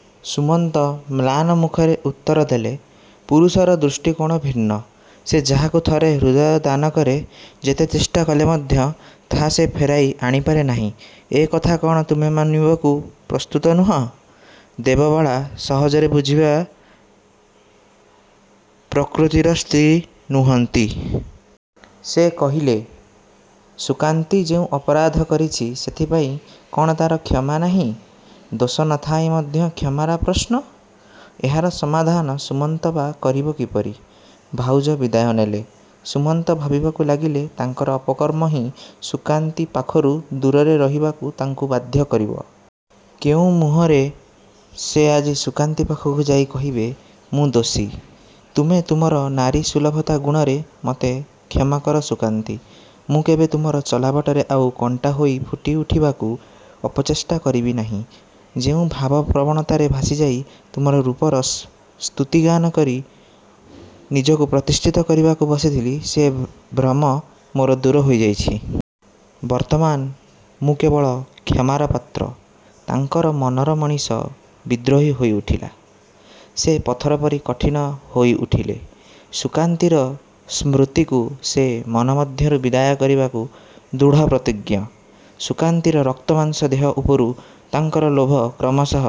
'' ସୁମନ୍ତ ମ୍ଳାନ ମୁଖରେ ଉତ୍ତରଦେଲେ, ''ପୁରୁଷର ଦୃଷ୍ଟିକୋଣ ଭିନ୍ନ। ସେ ଯାହାକୁ ଥରେ ହୃଦୟ ଦାନ କରେ। ଯେତେ ଚେଷ୍ଟାକଲେ ମଧ୍ୟ ତାହା ସେ ଫେରାଇ ଆଣିପାରେ ନାହିଁ। ଏ କଥା କ'ଣ ତୁମେ ମାନିବାକୁ ପ୍ରସ୍ତୁତ ନୁହଁ? '' ଦେବବାଳା ସହଜରେ ବୁଝିବା ପ୍ରକୃତିର ସ୍ତ୍ରୀ ନୁହଁନ୍ତି। ସେ କହିଲେ, ''ସୁକାନ୍ତୀ ଯେଉଁ ଅପରାଧ କରିଛି ସେଥିପାଇଁ କ'ଣ ତା'ର କ୍ଷମା ନାହିଁ? '' ଦୋଷ ନ ଥାଇ ମଧ୍ୟ କ୍ଷମାର ପ୍ରଶ୍ନ? ଏହାର ସମାଧାନ ସୁମନ୍ତ ବା କରିବ କିପରି? ଭାଉଜ ବିଦାୟ ନେଲେ। ସୁମନ୍ତ ଭାବିବାକୁ ଲାଗିଲେ ତାଙ୍କର ଅପକର୍ମ ହିଁ ସୁକାନ୍ତୀ ପାଖରୁ ଦୂରରେରହିବାକୁ ତାଙ୍କୁ ବାଧ୍ୟ କରିବ। କେଉଁ ମୁହଁରେ ସେ ଆଜି ସୁକାନ୍ତୀ ପାଖକୁ ଯାଇ କହିବେ, ''ମୁଁ ଦୋଷୀ। ତୁମେ ତୁମର ନାରୀ ସୁଲଭତା ଗୁଣରେ ମୋତେ କ୍ଷମାକର ସୁକାନ୍ତୀ। ମୁଁ କେବେ ତୁମର ଚଲାବାଟରେ ଆଉ କଣ୍ଟାହୋଇ ଫୁଟିଉଠିବାକୁ ଅପଚେଷ୍ଟା କରିବି ନାହିଁ। ଯେଉଁ ଭାବପ୍ରବଣତାରେ ଭାସିଯାଇ ତୁମର ରୂପର ସ୍ତୁତିଗାନ କରି ନିଜକୁ ପ୍ରତିଷ୍ଠିତ କରିବାକୁ ବସିଥିଲି, ସେ ଭ୍ରମ ମୋର ଦୂର ହୋଇଯାଇଛି। ବର୍ତ୍ତମାନ ମୁଁ କେବଳ କ୍ଷମାର ପାତ୍ର। '' ତାଙ୍କର ମନର ମଣିଷ ବିଦ୍ରୋହୀ ହୋଇଉଠିଲା। ସେ ପଥର ପରି କଠିନ ହୋଇଉଠିଲେ। ସୁକାନ୍ତୀର ସ୍ମୃତିକୁ ସେ ମନ ମଧ୍ୟରୁ ବିଦାୟ କରିଦେବାକୁ ଦୃଢ଼ପ୍ରତିଜ୍ଞ। ସୁକାନ୍ତୀର ରକ୍ତମାଂସ ଦେହ ଉପରୁ ତାଙ୍କର ଲୋଭ କ୍ରମଶଃ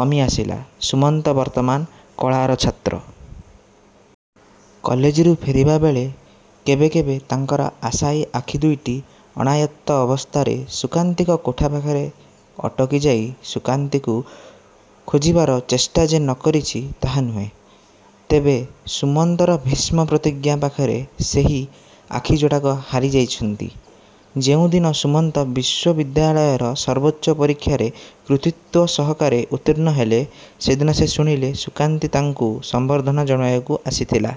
କମିଆସିଲା। ସୁମନ୍ତ ବର୍ତ୍ତମାନ କଳାର ଛାତ୍ର। କଲେଜରୁ ଫେରିବାବେଳେ କେବେକେବେ ତାଙ୍କର ଆଶାୟୀ ଆଖି ଦୁଇଟି ଅଣାୟତ୍ତ ଅବସ୍ଥାରେ ସୁକାନ୍ତୀଙ୍କ କୋଠା ପାଖରେ ଅଟକି ଯାଇ ସୁକାନ୍ତୀକୁ ଖୋଜିବାର ଚେଷ୍ଟା ଯେ ନ କରିଛି ତାହା ନୁହେଁ, ତେବେ ସୁମନ୍ତର ଭୀଷ୍ମ ପ୍ରତିଜ୍ଞା ପାଖରେ ସେହି ଆଖି ଯୋଡ଼ାକ ହାରି ଯାଇଛନ୍ତି। ଯେଉଁ ଦିନ ସୁମନ୍ତ ବିଶ୍ୱବିଦ୍ୟାଳୟର ସର୍ବୋଚ୍ଚ ପରୀକ୍ଷାରେ କୃତିତ୍ଵ ସହକାରେ ଉତ୍ତୀର୍ଣ୍ଣ ହେଲେ, ସେଦିନ ସେ ଶୁଣିଲେ ସୁକାନ୍ତୀ ତାଙ୍କୁ ସମ୍ବର୍ଦ୍ଧନା ଜଣାଇବାକୁ ଆସିଥିଲା।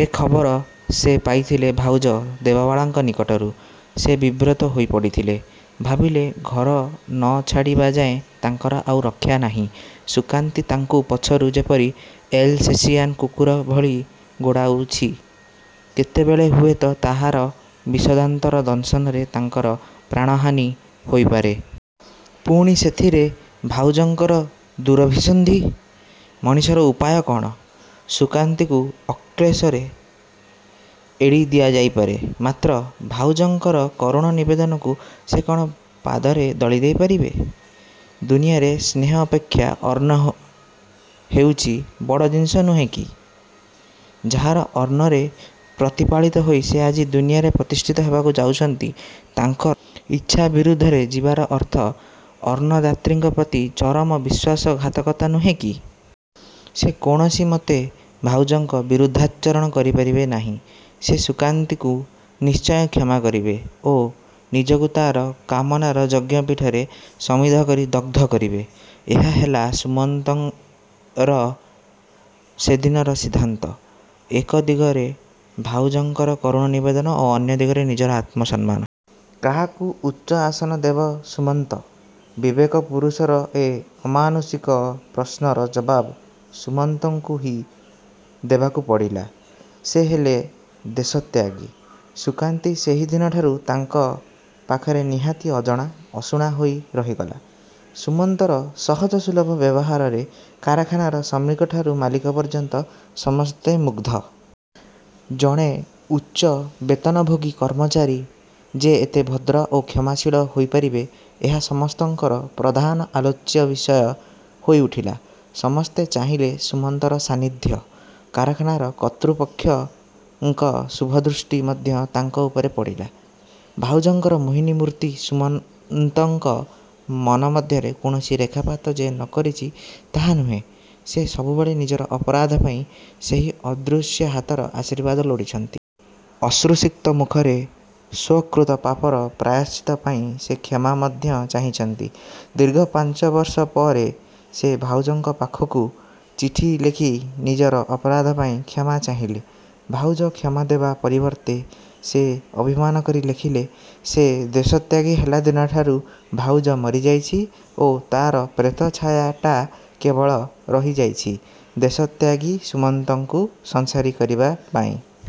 ଏ ଖବର ସେ ପାଇଥିଲେ ଭାଉଜ ଦେବବାଳାଙ୍କ ନିକଟରୁ। ସେ ବିବ୍ରତ ହୋଇପଡ଼ିଥିଲେ। ଭାବିଲେ ଘର ନ ଛାଡ଼ିବା ଯାଏ ତାଙ୍କର ଆଉ ରକ୍ଷାନାହିଁ। ସୁକାନ୍ତୀ ତାଙ୍କୁ ପଛରୁ ଯେପରି ଏଲସେସିଆନ୍ କୁକୁର ଭଳି ଗୋଡ଼ାଉଛି କେତେବେଳେ ହୁଏତ ତାହାର ବିଷଦାନ୍ତର ଦଂଶନରେ ତାଙ୍କର ପ୍ରାଣହାନୀ ହୋଇପାରେ। ପୁଣି ସେଥିରେ ଭାଉଜଙ୍କର ଦୁରଭିସନ୍ଧି! ମଣିଷର ଉପାୟ କ'ଣ? ସୁକାନ୍ତୀକୁ ଅକ୍ଳେଶରେ ଏଡ଼ିଦିଆଯାଇପାରେ; ମାତ୍ର ଭାଉଜଙ୍କର କରୁଣ ନିବେଦନକୁ ସେ କ'ଣ ପାଦରେ ଦଳିଦେଇ ପାରିବେ? ଦୁନିଆରେ ସ୍ନେହ ଅପେକ୍ଷା ଅନ୍ନ ହେଉଛି ବଡ଼ ଜିନିଷ ନୁହେଁ କି? ଯାହାର ଅନ୍ନରେ ପ୍ରତିପାଳିତ ହୋଇ ସେ ଆଜି ଦୁନିଆରେ ପ୍ରତିଷ୍ଠିତ ହେବାକୁ ଯାଉଛନ୍ତି ତାଙ୍କର ଇଚ୍ଛା ବିରୁଦ୍ଧରେ ଯିବାର ଅର୍ଥ ଅନ୍ନଦାତ୍ରୀଙ୍କପ୍ରତି ଚରମ ବିଶ୍ୱାସଘାତକତା ନୁହେଁ କି? ସେ କୌଣସିମତେ ଭାଉଜଙ୍କ ବିରୁଦ୍ଧାଚରଣ କରିପାରିବେ ନାହିଁ। ସେ ସୁକାନ୍ତୀକୁ ନିଶ୍ଚୟ କ୍ଷମା କରିବେ ଓ ନିଜକୁ ତା'ର କାମନାର ଯଜ୍ଞପୀଠରେ ସମିଧ କରି ଦଗ୍ଧ କରିବେ। ଏହା ହେଲା ସୁମନ୍ତର ସେଦିନର ସିଦ୍ଧାନ୍ତ। ଏକ ଦିଗରେ ଭାଉଜଙ୍କର କରୁଣ ନିବେଦନ ଓ ଅନ୍ୟ ଦିଗରେ ନିଜର ଆତ୍ମସମ୍ମାନ। କାହାକୁ ଉଚ୍ଚଆସନ ଦେବ ସୁମନ୍ତ? ବିବେକ ପୁରୁଷର ଏ ଅମାନୁଷିକ ପ୍ରଶ୍ନର ଜବାବ୍ ସୁମନ୍ତଙ୍କୁ ହିଁ ଦେବାକୁ ପଡ଼ିଲା। ସେ ହେଲେ ଦେଶତ୍ୟାଗୀ। ସୁକାନ୍ତୀ ସେହିଦିନଠାରୁ ତାଙ୍କ ପାଖରେ ନିହାତି ଅଜଣା, ଅଶୁଣା ହୋଇ ରହିଗଲା। ସୁମନ୍ତର ସହଜସୁଲଭ ବ୍ୟବହାରରେ କାରଖାନାର ଶ୍ରମିକଠାରୁ ମାଲିକ ପର୍ଯ୍ୟନ୍ତ ସମସ୍ତେ ମୁଗ୍ଧ। ଜଣେ ଉଚ୍ଚ ବେତନଭୋଗୀ କର୍ମଚାରୀ ଯେ ଏତେ ଭଦ୍ର ଓ କ୍ଷମାଶୀଳ ହୋଇପାରେ ଏହା ସମସ୍ତଙ୍କର ପ୍ରଧାନ ଆଲୋଚ୍ୟ ବିଷୟ ହୋଇଉଠିଲା। ସମସ୍ତେ ଚାହିଁଲେ ସୁମନ୍ତର ସାନିଧ୍ୟ। କାରଖାନାର କର୍ତ୍ତୃପକ୍ଷଙ୍କ ଶୁଭଦୃଷ୍ଟି ମଧ୍ୟ ତାଙ୍କ ଉପରେ ପଡ଼ିଲା। ଭାଉଜଙ୍କର ମୋହିନୀ ମୂର୍ତ୍ତି ସୁମନ୍ତଙ୍କ ମନ ମଧ୍ୟରେ କୌଣସି ରେଖାପାତ ଯେ ନ କରିଛି ତାହା ନୁହେଁ, ସେ ସବୁବେଳେ ନିଜର ଅପରାଧ ପାଇଁ ସେହି ଅଦୃଶ୍ୟ ହାତର ଆଶୀର୍ବାଦ ଲୋଡ଼ିଛନ୍ତି। ଅଶ୍ରୁସିକ୍ତ ମୁଖରେ ସ୍ୱକୃତ ପାପର ପ୍ରାୟଶ୍ଚିତ୍ତ ପାଇଁ ସେ କ୍ଷମା ମଧ୍ୟ ଚାହିଁଛନ୍ତି। ଦୀର୍ଘ ପାଞ୍ଚବର୍ଷ ପରେ ସେ ଭାଉଜଙ୍କ ପାଖକୁ ଚିଠି ଲେଖି ନିଜର ଅପରାଧ ପାଇଁ କ୍ଷମା ଚାହିଁଲେ। ଭାଉଜ କ୍ଷମାଦେବା ପରିବର୍ତ୍ତେ ସେ ଅଭିମାନ କରି ଲେଖିଲେ, 'ସେ ଦେଶତ୍ୟାଗୀ ହେଲା ଦିନଠାରୁ ଭାଉଜ ମରିଯାଇଛି ଓ ତା'ର ପ୍ରେତ ଛାୟାଟା କେବଳ ରହିଯାଇଛି ଦେଶତ୍ୟାଗୀ ସୁମନ୍ତଙ୍କୁ ସଂସାରୀ କରିବା ପାଇଁ।